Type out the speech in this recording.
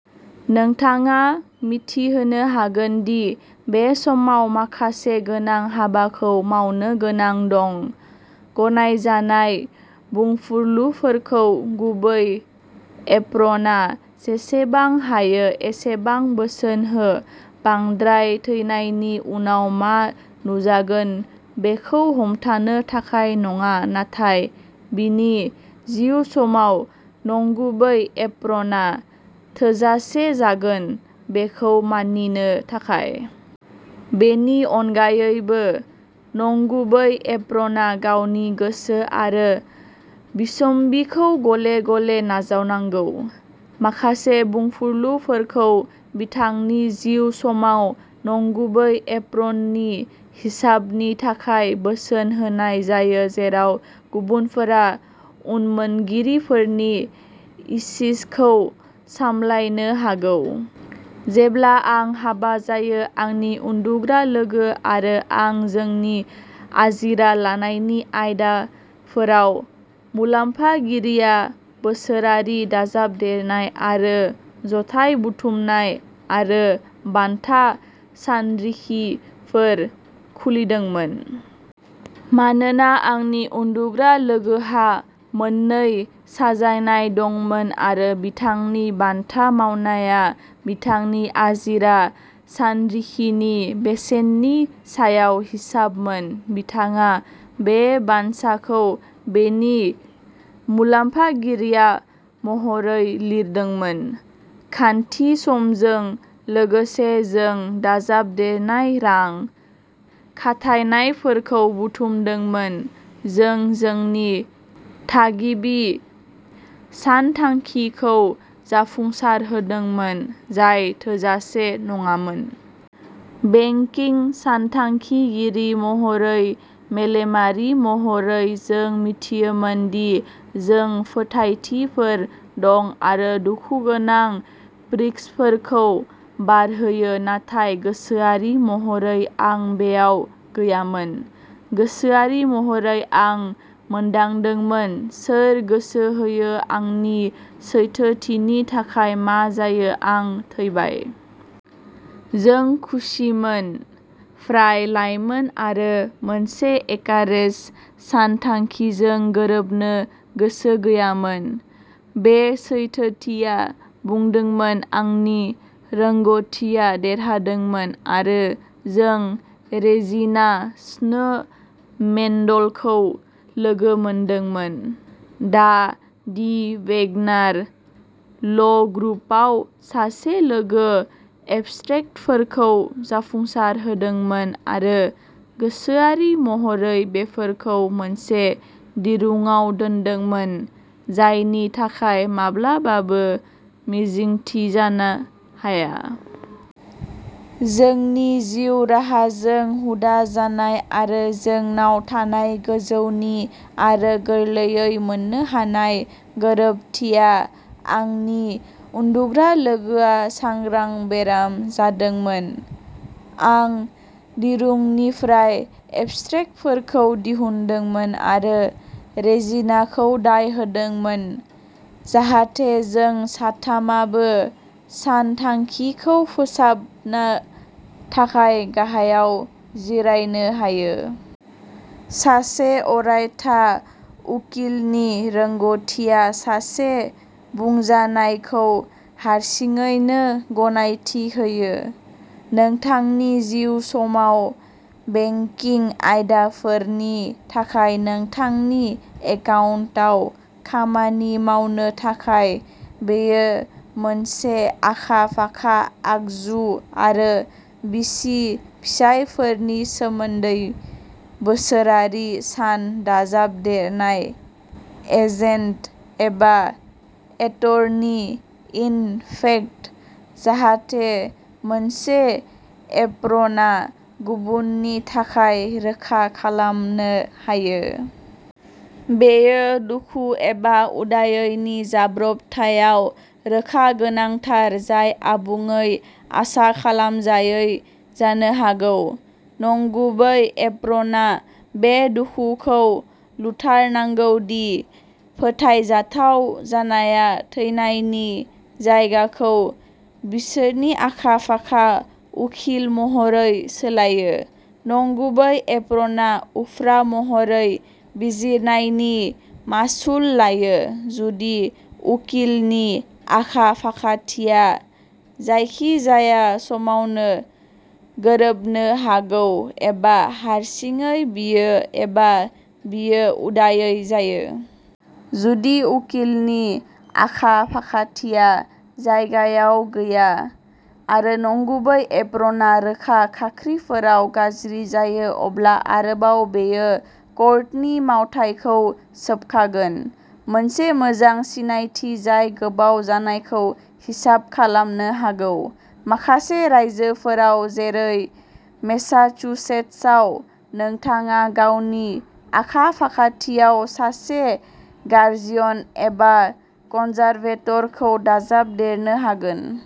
नोंथाङा मिथिहोनो हागोन दि बे समाव माखासे गोनां हाबाखौ मावनो गोनां दं। गनायजानाय बुंफुरलुफोरखौ गुबै एप्रनआ जेसेबां हायो एसेबां बोसोन हो बांद्राय थैनायनि उनाव मा नुजागोन बेखौ हमथानो थाखाय नङा नाथाय बिनि जिउ समाव नंगुबै एप्रनआ थोजासे जागोन बेखौ मानिनो थाखाय। बेनि अनगायैबो नंगुबै एप्रनआ गावनि गोसो आरो बिसम्बिखौ गले-गले नाजावनांगौ। माखासे बुंफुरलुफोरखौ बिथांनि जिउ समाव नंगुबै एप्रननि हिसाबनि थाखाय बोसोन होनाय जायो जेराव गुबुनफोरा उनमोनगिरिफोरनि इसिसखौ सामलायनो हागौ। जेब्ला आं हाबा जायो आंनि उन्दुग्रा लोगो आरो आं जोंनि आजिरा लानायनि आयदाफोराव मुलाम्फागिरिया बोसोरारि दाजाबदेरनाय आरो जथाय बुथुमनाय आरो बानथा सानरिखिफोर खुलिदोंमोन। मानोना आंनि उन्दुग्रा लोगोहा मोननै साजायनाय दंमोन आरो बिथांनि बानथा मावनाया बिथांनि आजिरा सानरिखिनि बेसेननि सायाव हिसाबमोन बिथाङा बे बानसाखौ बेनि मुलाम्फागिरिया महरै लिरदोंमोन। खान्थि समजों लोगोसे जों दाजाबदेरनाय रां खाथायनायफोरखौ बुथुमदोंमोन जों जोंनि थागिबि सानथांखिखौ जाफुंसारहोदोंमोन जाय थोजासे नङामोन। बेंकिं सानथांखिगिरि महरै मेलेमारि महरै जों मिथियोमोन दि जों फोथायथिफोर दं आरो दुखुगोनां प्रक्सिफोरखौ बारहोयो नाथाय गोसोआरि महरै आं बेयाव गैयामोन। गोसोआरि महरै आं मोनदांदोंमोन "सोर गोसो होयो आंनि सैथोथिनि थाखाय मा जायो आं थैबाय?" जों खुसिमोन फ्राय लायमोन आरो मोनसे एकारेज सानथांखिजों गोरोबनो गोसो गैयामोन। बे सैथोथिया बुंदोंमोन आंनि रोंग'थिआ देरहादोंमोन आरो जों रेजिना स्नो मेन्डलखौ लोगो मोनदोंमोन दा दि वेगनार ल'ग्रुपआव सासे लोगो एबस्ट्रेक्टफोरखौ जाफुंसारहोदोंमोन आरो गोसोआरि महरै बेफोरखौ मोनसे दिरुंआव दोनदोंमोन जायनि थाखाय माब्लाबाबो मिजिंथिजानो हाया। जोंनि जिउ राहाजों हुदा जानाय आरो जोंनाव थानाय गोजौनि आरो गोरलैयै मोननो हानाय गोरोबथिया आंनि उन्दुग्रा लोगोआ सांग्रां बेराम जादोंमोन आं दिरुंनिफ्राय एबस्ट्रेक्टफोरखौ दिहुनदोंमोन आरो रेजिनाखौ दाय होदोंमोन जाहाथे जों साथामाबो सानथांखिखौ फोसाबनो थाखाय गाहायाव जिरायनो हायो। सासे अरायथा उकिलनि रोंग'थिआ सासे बुंजानायखौ हारसिङैनो गनायथि होयो। नोंथांनि जिउ समाव बेंकिं आयदाफोरनि थाखाय नोंथांनि एकाउन्टआव खामानि मावनो थाखाय। बेयो मोनसे आखा-फाखा आगजु आरो बिसि-फिसायफोरनि सोमोन्दै बोसोरारि सान दाजाबदेरनाय "एजेन्ट" एबा "एटर्नि-इन-फेक्ट" जाहाथे मोनसे एप्रनआ गुबुननि थाखाय रोखा खालामनो हायो। बेयो दुखु एबा उदायैनि जाब्रबथायआव रोखा गोनांथार जाय आबुङै आसा खालामजायै जानो हागौ। नंगुबै एप्रनआ बे दुखुखौ लुथारनांगौ दि फोथायजाथाव जानाया थैनायनि जायगाखौ बिसोरनि आखा-फाखा उखिल महरै सोलायो। नंगुबै एप्रनआ उफ्रा महरै बिजिरनायनि मासुल लायो जुदि उकिलनि आखा-फाखाथिया जायखिजाया समावनो गोरोबनो हागौ एबा हारसिङै बियो एबा बियो उदायै जायो। जुदि उकिलनि आखा-फाखाथिया जायगायाव गैया आरो नंगुबै एप्रनआ रोखा खाख्रिफोराव गाज्रि जायो अब्ला आरोबाव बेयो कर्टनि मावथायखौ सोबखागोन, मोनसे मोजां सिनायथि जाय गोबाव जानायखौ हिसाब खालामनो हागौ। माखासे रायजोफोराव जेरै मेसाचुसेट्सआव नोंथाङा गावनि आखा-फाखाथियाव सासे गार्जियन एबा कनजारभेटरखौ दाजाबदेरनो हागोन।